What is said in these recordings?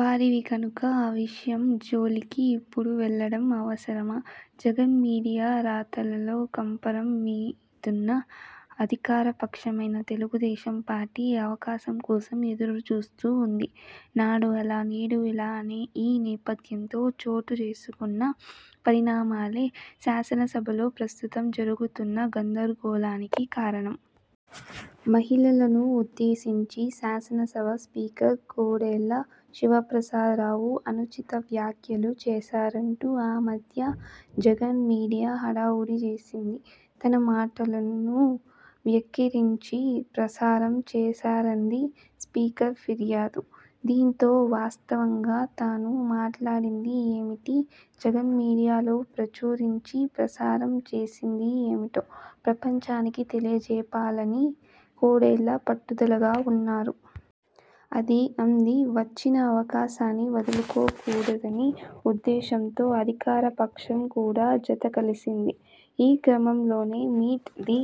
వారివి కనుక ఆ విషయం జోలికి ఇప్పుడు వెళ్లడం అనవసరం. జగన్ మీడియా రాతలతో కంపరం మీదున్న అధికారపక్షమైన తెలుగుదేశం పార్టీ అవకాశం కోసం ఎదురుచూస్తూ ఉంది. నాడు అలా.. నేడు ఇలా! ఈ నేపథ్యంలో చోటుచేసుకున్న పరిణామాలే శాసనసభలో ప్రస్తుతం జరుగుతున్న గందరగోళానికి కారణం. మహిళలను ఉద్దేశించి శాసనసభ స్పీకర్ కోడెల శివప్రసాదరావు అనుచిత వ్యాఖ్యలు చేశారంటూ ఆ మధ్య జగన్ మీడియా హడావుడి చేసింది. తన మాటలను వెక్కిరించి ప్రసారం చేశారన్నది స్పీకర్ ఫిర్యాదు. దీంతో వాస్తవంగా తాను మాట్లాడింది ఏమిటి, జగన్ మీడియాలో ప్రచురించి, ప్రసారం చేసింది ఏమిటో ప్రపంచానికి తెలియజెప్పాలని కోడెల పట్టుదలగా ఉన్నారు. అంది వచ్చిన అవకాశాన్ని వదులుకోకూడదన్న ఉద్దేశంతో అధికారపక్షం కూడా జత కలిసింది. ఈ క్రమంలోనే మీట్ ది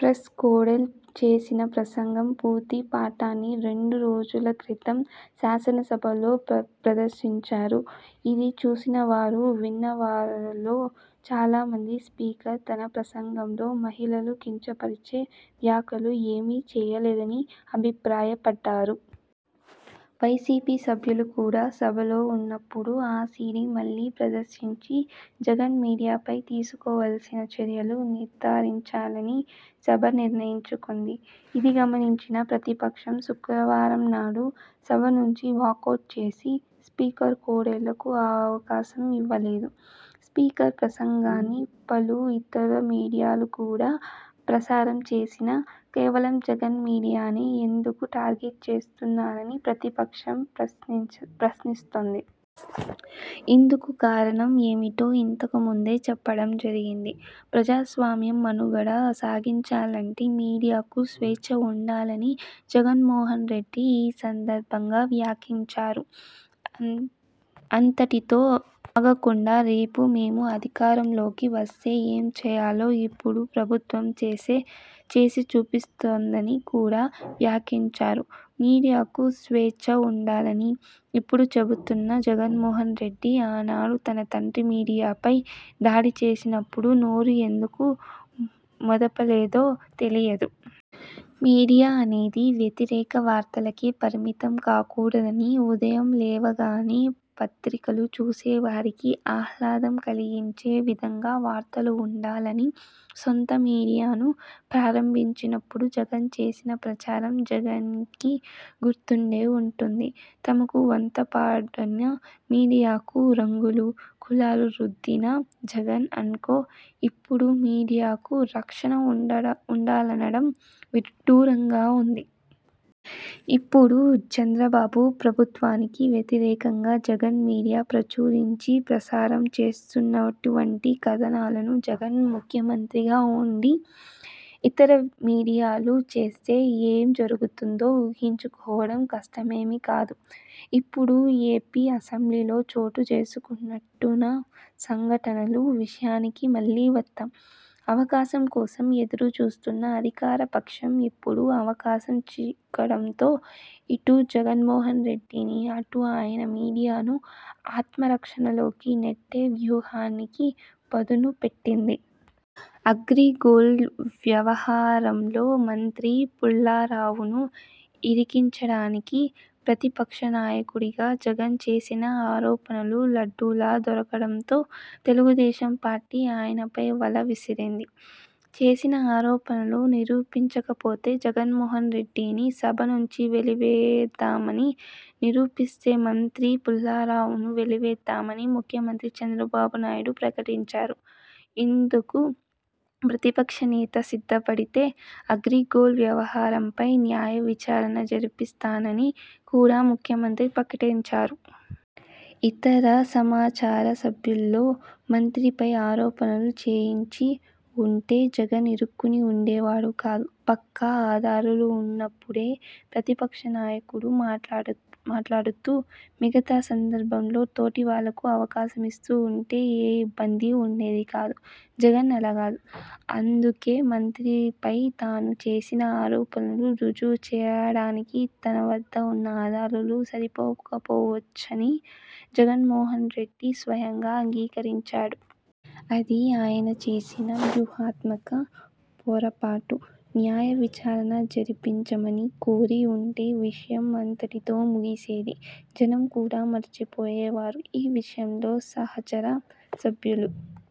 ప్రెస్లో కోడెల చేసిన ప్రసంగం పూర్తి పాఠాన్ని రెండు రోజుల క్రితం శాసనసభలో ప్రదర్శించారు. ఇది చూసినవారు, విన్న వారిలో చాలా మంది స్పీకర్ తన ప్రసంగంలో మహిళలను కించపరిచే వ్యాఖ్యలు ఏమీ చేయలేదని అభిప్రాయపడ్డారు. వైసీపీ సభ్యులు కూడా సభలో ఉన్నప్పుడు ఆ సీడీని మళ్లీ ప్రదర్శించి జగన్ మీడియాపై తీసుకోవలసిన చర్యలను నిర్ధారించాలని సభ నిర్ణయించింది. ఇది గమనించిన ప్రతిపక్షం, శుక్రవారంనాడు సభ నుంచి వాకౌట్ చేసి స్పీకర్ కోడెలకు ఆ అవకాశం ఇవ్వలేదు. స్పీకర్ ప్రసంగాన్ని పలు ఇతర మీడియాలు కూడా ప్రసారం చేసినా కేవలం జగన్ మీడియానే ఎందుకు టార్గెట్ చేస్తున్నారని ప్రతిపక్షం ప్రశ్నిస్తోంది. ఇందుకు కారణం ఏమిటో ఇంతకు ముందే చెప్పడం జరిగింది. ప్రజాస్వామ్యం మనుగడ సాగించాలంటే మీడియాకు స్వేచ్ఛ ఉండాలని జగన్మోహన్రెడ్డి ఈ సందర్భంగా వ్యాఖ్యానించారు. అంతటితో ఆగకుండా రేపు మేము అధికారంలోకి వస్తే ఏమి చేయాలో ఇప్పుడు ప్రభుత్వం చేసి చూపిస్తోందని కూడా వ్యాఖ్యానించారు. మీడియాకు స్వేచ్ఛ ఉండాలని ఇప్పుడు చెబుతున్న జగన్మోహన్రెడ్డి, ఆనాడు తన తండ్రి మీడియాపై దాడి చేస్తున్నప్పుడు నోరు ఎందుకు మెదపలేదో తెలియదు. మీడియా అనేది వ్యతిరేక వార్తలకే పరిమితం కాకూడదనీ, ఉదయం లేవగానే పత్రికలు చూసేవారికి ఆహ్లాదం కలిగించే విధంగా వార్తలు ఉండాలనీ సొంత మీడియాను ప్రారంభించినప్పుడు జగన్ చేసిన ప్రచారం జనానికి గుర్తుండే ఉంటుంది. తమకు వంతపాడని మీడియాకు రంగులు, కులాలు రుద్దిన జగన్ అండ్ కో, ఇప్పుడు మీడియాకు రక్షణ ఉండాలనడం విడ్డూరంగా ఉంది. ఇప్పుడు చంద్రబాబు ప్రభుత్వానికి వ్యతిరేకంగా జగన్ మీడియా ప్రచురించి, ప్రసారం చేస్తున్నటువంటి కథనాలను జగన్ ముఖ్యమంత్రిగా ఉండి ఇతర మీడియాలు చేస్తే ఏమి జరుగుతుందో ఊహించుకోవడం కష్టమేమీ కాదు. ఇప్పుడు ఏపీ అసెంబ్లీలో చోటుచేసుకుంటున్న సంఘటనల విషయానికి మళ్లీ వద్దాం. అవకాశం కోసం ఎదురుచూస్తున్న అధికారపక్షం ఇప్పుడు అవకాశం చిక్కడంతో ఇటు జగన్మోహన్రెడ్డిని, అటు ఆయన మీడియాను ఆత్మరక్షణలోకి నెట్టే వ్యూహానికి పదును పెట్టింది. అగ్రి గోల్డ్ వ్యవహారంలో మంత్రి పుల్లారావును ఇరికించడానికి ప్రతిపక్ష నాయకుడిగా జగన్ చేసిన ఆరోపణలు లడ్డూలా దొరకడంతో తెలుగుదేశం పార్టీ ఆయనపై వల విసిరింది. చేసిన ఆరోపణలు నిరూపించకపోతే జగన్మోహన్రెడ్డిని సభ నుంచి వెలివేద్దామనీ, నిరూపిస్తే మంత్రి పుల్లారావును వెలివేద్దామనీ ముఖ్యమంత్రి చంద్రబాబునాయుడు ప్రకటించారు. ఇందుకు ప్రతిపక్ష నేత సిద్ధపడితే అగ్రి గోల్డ్ వ్యవహారంపై న్యాయ విచారణ జరిపిస్తానని కూడా ముఖ్యమంత్రి ప్రకటించారు. ఇతర సహచర సభ్యులతో మంత్రిపై ఆరోపణలు చేయించి ఉంటే జగన్ ఇరుక్కుని ఉండేవారు కాదు. పక్కా ఆధారాలు ఉన్నప్పుడే ప్రతిపక్ష నాయకుడు మాట్లాడుతూ, మిగతా సందర్భాలలో తోటివాళ్లకు అవకాశం ఇస్తూ ఉంటే ఏ ఇబ్బందీ ఉండేది కాదు. జగన్ అలా కాదు. అందుకే మంత్రిపై తాను చేసిన ఆరోపణలను రుజువు చేయడానికి తన వద్ద ఉన్న ఆధారాలు సరిపోకపోవచ్చునని జగన్మోహన్రెడ్డి స్వయంగా అంగీకరించారు. ఇది ఆయన చేసిన వ్యూహాత్మక పొరపాటు! న్యాయ విచారణ జరిపించమని కోరి ఉంటే విషయం అంతటితో ముగిసిపోయేది. జనం కూడా మర్చిపోయేవారు. ఈ విషయంలో సహచర సభ్యుల